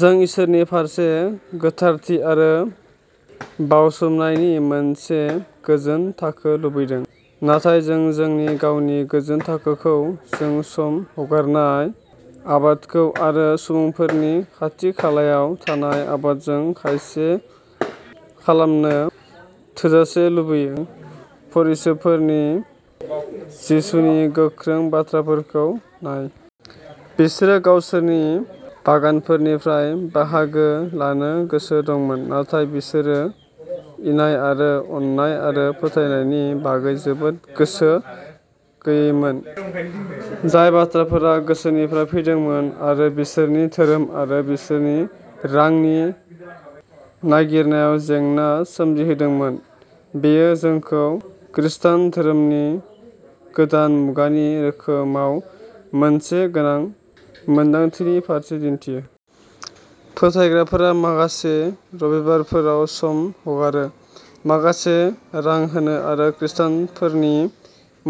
जों इसोरनि फारसे गोथारथि आरो "बाउसोमनाय" नि मोनसे गोजोन थाखो लुबैदों, नाथाय जों जोंनि गावनि गोजोन थाखोखौ, जों सम हगारनाय आदबखौ, आरो गुबुनफोरनि खाथि-खालायाव थानाय आदबखौ खायसो खालामनो थोजासे लुबैया। फरिसीफोरनो जिसुनि गोख्रों बाथ्राफोरखौ नाय। बिसोरो गावसोरनि बागानफोरनिफ्राय बाहागो लानो गोसो दंमोन, नाथाय बिसोरो न्याय आरो अननाय आरो फोथायथिनि बागै जोबोद गोसो गैयैमोन, जाय बाथ्राफोरा गोसोनिफ्राय फैदोंमोन आरो बिसोरनि धोरोम आरो बिसोरनि रांनि नागिरनायाव जेंना सोमजिहोदोंमोन। बेयो जोंखौ खृष्टान धोरोमनि गोदान मुगानि रोखोमाव मोनसे गोनां मोनदांथिनि फारसे दिन्थियो। फोथायग्राफोरआ माखासे रबिबारफोराव सम हगारनो, माखासे रां होनो, आरो खृष्टानफोरनि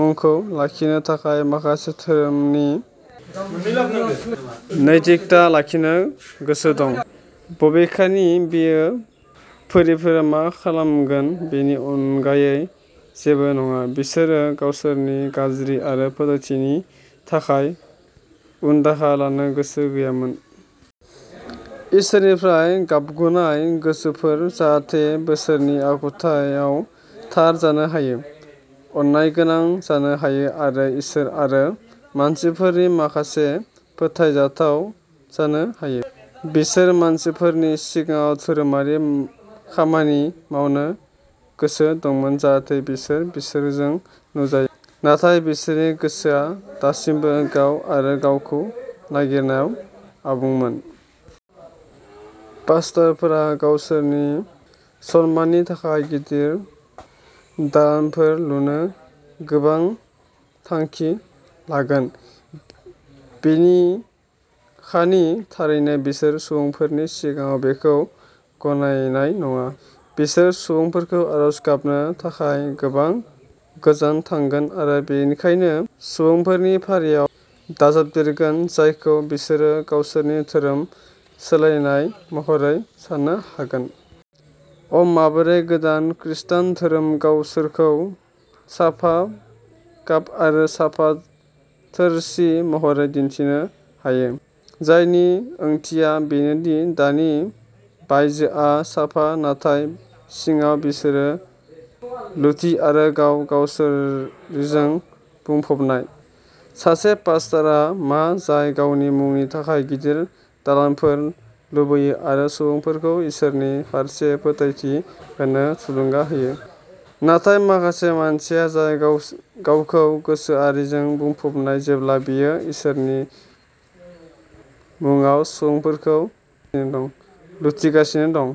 मुंखौ लाखिनो थाखाय माखासे थाखोनि नैतिकता लाखिनो गोसो दं। बबेखानि, बेयो फरिसीफोरा मा खालामगोन बेनि अनगायै जेबो नङा। बिसोरो गावसोरनि गाज्रि आरो फोथायजाथावनि थाखाय उनदाहा लानो गोसो गैयामोन। इसोरनिफ्राय गावबागाव गोसोफोर जाहाथे बिसोरनि आखुआव थार जानो हायो, अननायगोनां जानो हायो, आरो इसोर आरो मानसिफोरनि फारसे फोथायजाथाव जानो हायो। बिसोर मानसिफोरनि सिगाङाव धोरोमारि खामानि मावनो गोसो दंमोन जाहाथे बिसोर बिसोरजों नुजायो, नाथाय बिसोरनि गोसोआ दासिमबो गाव आरो गावखौ नागिरनायाव आबुंमोन। पास्टरफोरा गावसोरनि सन्माननि थाखाय गिदिर दालानफोर लुनो गोबां थांखि लागोन, बबेखानि थारैनो बिसोर गुबुनफोरनि सिगाङाव बेखौ गनायनाय नङा। बिसोरो सुबुंफोरखौ आरज गाबनो थाखाय गोबां गोजान थांगोन आरो बेनिखायनो सुबुंफोरनि फारियाव दाजाबदेरगोन जायखौ बिसोरो गावसोरनि धोरोम सोलायनाय महरै साननो हागोन। अ'माबोरै गोदान खृस्टान धोरोमा गावसोरखौ साफा काप आरो साफा थोरसि महरै दिन्थिनो हायो, जायनि ओंथिया बेनो दि दानि बायजोआ साफा, नाथाय सिङाव बिसोर लुथि आरो गाव-गोसोआरिजों बुंफबनाय। सासे पास्टरआ मा जाय गावनि मुंनि थाखाय गिदिर दालानफोर लुगैयो आरो सुबुंफोरखौ इसोरनि फारसे फोथायथि होनो थुलुंगा होयो, नाथाय सासे मानसिया जाय गावखौ-गोसोआरिजों बुंफबनाय जेब्ला बियो इसोरनि मुङाव सुबुंफोरखौ लुथिगासिनो दं?